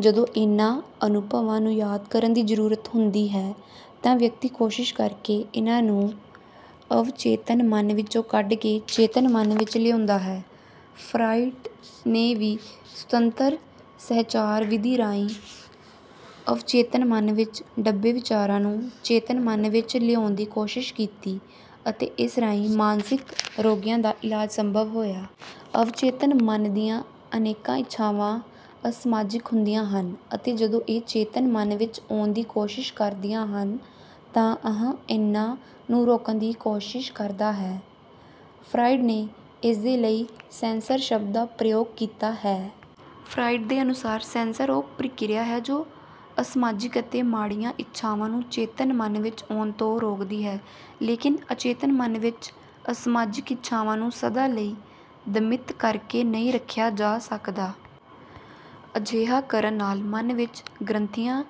ਜਦੋਂ ਇਨ੍ਹਾਂ ਅਨੁਭਵਾਂ ਨੂੰ ਯਾਦ ਕਰਨ ਦੀ ਜ਼ਰੂਰਤ ਹੁੰਦੀ ਹੈ ਤਾਂ ਵਿਅਕਤੀ ਕੋਸ਼ਿਸ਼ ਕਰਕੇ ਇਨ੍ਹਾਂ ਨੂੰ ਅਵਚੇਤਨ ਮਨ ਵਿੱਚੋਂ ਕੱਢ ਕੇ ਚੇਤਨ ਮਨ ਵਿੱਚ ਲਿਆਉਂਦਾ ਹੈ। ਫਰਾਇਡ ਨੇ ਵੀ ਸੁਤੰਤਰ-ਸਹਿਚਾਰ ਵਿਧੀ ਰਾਹੀਂ ਅਵਚੇਤਨ ਮਨ ਵਿੱਚ ਦੱਬੇ ਵਿਚਾਰਾਂ ਨੂੰ ਚੇਤਨ ਮਨ ਵਿੱਚ ਲਿਆਉਣ ਦੀ ਕੋਸ਼ਿਸ਼ ਕੀਤੀ ਅਤੇ ਇਸ ਰਾਹੀਂ ਮਾਨਸਿਕ ਰੋਗੀਆਂ ਦਾ ਇਲਾਜ ਸੰਭਵ ਹੋਇਆ। ਅਵਚੇਤਨ ਮਨ ਦੀਆਂ ਅਨੇਕਾਂ ਇੱਛਾਵਾਂ ਅਸਮਾਜਿਕ ਹੁੰਦੀਆਂ ਹਨ ਅਤੇ ਜਦੋਂ ਇਹ ਚੇਤਨ ਮਨ ਵਿੱਚ ਆਉਣ ਦੀ ਕੋਸ਼ਿਸ਼ ਕਰਦੀਆਂ ਹਨ ਤਾਂ 'ਅਹੰ' ਇਨ੍ਹਾਂ ਨੂੰ ਰੋਕਣ ਦੀ ਕੋਸ਼ਿਸ਼ ਕਰਦਾ ਹੈ। ਫਰਾਇਡ ਨੇ ਇਸਦੇ ਲਈ 'ਸੈਂਸਰ' ਸ਼ਬਦ ਦਾ ਪ੍ਰਯੋਗ ਕੀਤਾ ਹੈ। ਫਰਾਇਡ ਦੇ ਅਨੁਸਾਰ, "ਸੈਂਸਰ ਉਹ ਪ੍ਰਕਿਰਿਆ ਹੈ ਜੋ ਅਸਮਾਜਿਕ ਅਤੇ ਮਾੜੀਆਂ ਇੱਛਾਵਾਂ ਨੂੰ ਚੇਤਨ ਮਨ ਵਿੱਚ ਆਉਣ ਤੋਂ ਰੋਕਦੀ ਹੈ।" ਲੇਕਿਨ ਅਚੇਤਨ ਮਨ ਵਿੱਚ ਅਸਮਾਜਿਕ ਇੱਛਾਵਾਂ ਨੂੰ ਸਦਾ ਲਈ ਦਮਿਤ ਕਰਕੇ ਨਹੀਂ ਰੱਖਿਆ ਜਾ ਸਕਦਾ। ਅਜਿਹਾ ਕਰਨ ਨਾਲ ਮਨ ਵਿੱਚ ਗ੍ਰੰਥੀਆਂ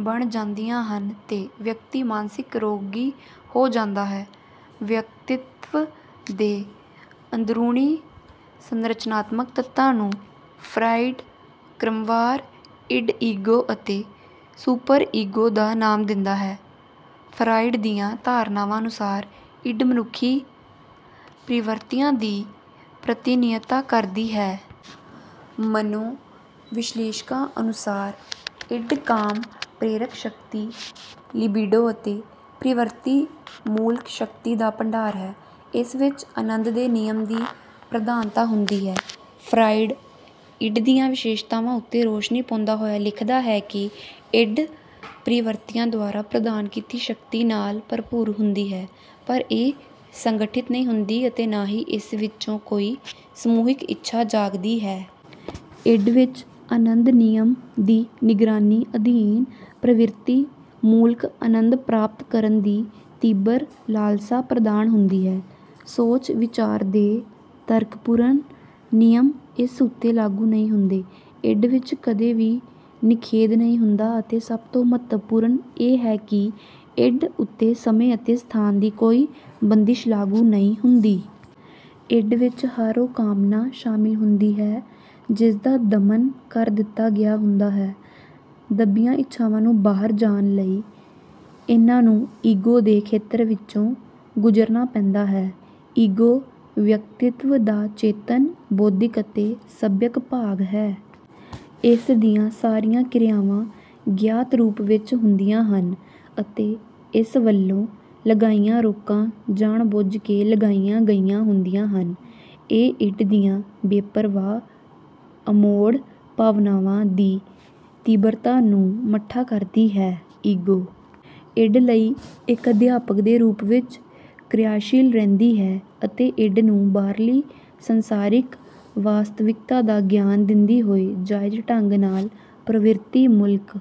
ਬਣ ਜਾਂਦੀਆਂ ਹਨ ਤੇ ਵਿਅਕਤੀ ਮਾਨਸਿਕ ਰੋਗੀ ਹੋ ਜਾਂਦਾ ਹੈ। ਵਿਅਕਤਿਤ੍ਵ ਦੇ ਅੰਦਰੂਨੀ ਸੰਰਚਨਾਤਮਕ ਤੱਤਾਂ ਨੂੰ ਫਰਾਇਡ ਕ੍ਰਮਵਾਰ 'ਇਡ', 'ਈਗੋ' ਅਤੇ 'ਸੁਪਰ-ਈਗੋ' ਦਾ ਨਾਮ ਦਿੰਦਾ ਹੈ। ਫਰਾਇਡ ਦੀਆਂ ਧਾਰਨਾਵਾਂ ਅਨੁਸਾਰ 'ਇਡ' ਮਨੁੱਖੀ ਪ੍ਰਵਿਰਤੀਆਂ ਦੀ ਪ੍ਰਤੀਨਿਧਤਾ ਕਰਦੀ ਹੈ। ਮਨੋਵਿਸ਼ਲੇਸ਼ਕਾਂ ਅਨੁਸਾਰ 'ਇਡ' ਕਾਮ-ਪ੍ਰੇਰਕ ਸ਼ਕਤੀ 'ਲਿਬਿਡੋ' ਅਤੇ ਪ੍ਰਵਿਰਤੀ-ਮੂਲਕ ਸ਼ਕਤੀ ਦਾ ਭੰਡਾਰ ਹੈ। ਇਸ ਵਿੱਚ ਆਨੰਦ ਦੇ ਨਿਯਮ ਦੀ ਪ੍ਰਧਾਨਤਾ ਹੁੰਦੀ ਹੈ। ਫਰਾਇਡ 'ਇਡ' ਦੀਆਂ ਵਿਸ਼ੇਸ਼ਤਾਵਾਂ ਉੱਤੇ ਰੋਸ਼ਨੀ ਪਾਉਂਦਾ ਹੋਇਆ ਲਿਖਦਾ ਹੈ ਕਿ 'ਇਡ' ਪ੍ਰਵਿਰਤੀਆਂ ਦੁਆਰਾ ਪ੍ਰਦਾਨ ਕੀਤੀ ਸ਼ਕਤੀ ਨਾਲ ਭਰਪੂਰ ਹੁੰਦੀ ਹੈ ਪਰ ਇਹ ਸੰਗਠਿਤ ਨਹੀਂ ਹੁੰਦੀ ਅਤੇ ਨਾ ਹੀ ਇਸ ਵਿੱਚੋਂ ਕੋਈ ਸਮੂਹਿਕ ਇੱਛਾ ਜਾਗਦੀ ਹੈ। 'ਇਡ' ਵਿੱਚ ਆਨੰਦ-ਨਿਯਮ ਦੀ ਨਿਗਰਾਨੀ ਅਧੀਨ ਪ੍ਰਵਿਰਤੀ-ਮੂਲਕ ਆਨੰਦ ਪ੍ਰਾਪਤ ਕਰਨ ਦੀ ਤੀਬਰ ਲਾਲਸਾ ਪ੍ਰਧਾਨ ਹੁੰਦੀ ਹੈ। ਸੋਚ-ਵਿਚਾਰ ਦੇ ਤਰਕਪੂਰਨ ਨਿਯਮ ਇਸ ਉੱਤੇ ਲਾਗੂ ਨਹੀਂ ਹੁੰਦੇ। 'ਇਡ' ਵਿੱਚ ਕਦੇ ਵੀ ਨਿਖੇਧ ਨਹੀਂ ਹੁੰਦਾ ਅਤੇ ਸਭ ਤੋਂ ਮਹੱਤਵਪੂਰਨ ਇਹ ਹੈ ਕਿ 'ਇਡ' ਉੱਤੇ ਸਮੇਂ ਅਤੇ ਸਥਾਨ ਦੀ ਕੋਈ ਬੰਦਿਸ਼ ਲਾਗੂ ਨਹੀਂ ਹੁੰਦੀ। 'ਇਡ' ਵਿੱਚ ਹਰ ਉਹ ਕਾਮਨਾ ਸ਼ਾਮਿਲ ਹੁੰਦੀ ਹੈ ਜਿਸਦਾ ਦਮਨ ਕਰ ਦਿੱਤਾ ਗਿਆ ਹੁੰਦਾ ਹੈ। ਦੱਬੀਆਂ ਇੱਛਾਵਾਂ ਨੂੰ ਬਾਹਰ ਜਾਣ ਲਈ ਇਨ੍ਹਾਂ ਨੂੰ 'ਈਗੋ' ਦੇ ਖੇਤਰ ਵਿੱਚੋਂ ਗੁਜ਼ਰਨਾ ਪੈਂਦਾ ਹੈ। 'ਈਗੋ' ਵਿਅਕਤਿਤ੍ਵ ਦਾ ਚੇਤਨ, ਬੌਧਿਕ ਅਤੇ ਸੱਭਿਅਕ ਭਾਗ ਹੈ। ਇਸ ਦੀਆਂ ਸਾਰੀਆਂ ਕ੍ਰਿਆਵਾਂ ਗਿਆਤ ਰੂਪ ਵਿੱਚ ਹੁੰਦੀਆਂ ਹਨ ਅਤੇ ਇਸ ਵੱਲੋਂ ਲਗਾਈਆਂ ਰੋਕਾਂ ਜਾਣ-ਬੁੱਝ ਕੇ ਲਗਾਈਆਂ ਗਈਆਂ ਹੁੰਦੀਆਂ ਹਨ। ਇਹ 'ਇਡ' ਦੀਆਂ ਬੇਪ੍ਰਵਾਹ, ਅਮੋੜ ਭਾਵਨਾਵਾਂ ਦੀ ਤੀਬਰਤਾ ਨੂੰ ਮੱਠਾ ਕਰਦੀ ਹੈ। 'ਈਗੋ', 'ਇਡ' ਲਈ ਇੱਕ ਅਧਿਆਪਕ ਦੇ ਰੂਪ ਵਿੱਚ ਕ੍ਰਿਆਸ਼ੀਲ ਰਹਿੰਦੀ ਹੈ ਅਤੇ 'ਇਡ' ਨੂੰ ਬਾਹਰਲੀ ਸੰਸਾਰਿਕ ਵਾਸਤਵਿਕਤਾ ਦਾ ਗਿਆਨ ਦਿੰਦੀ ਹੋਈ ਜ਼ਾਇਜ਼ ਢੰਗ ਨਾਲ ਪ੍ਰਵਿਰਤੀ-ਮੂਲਕ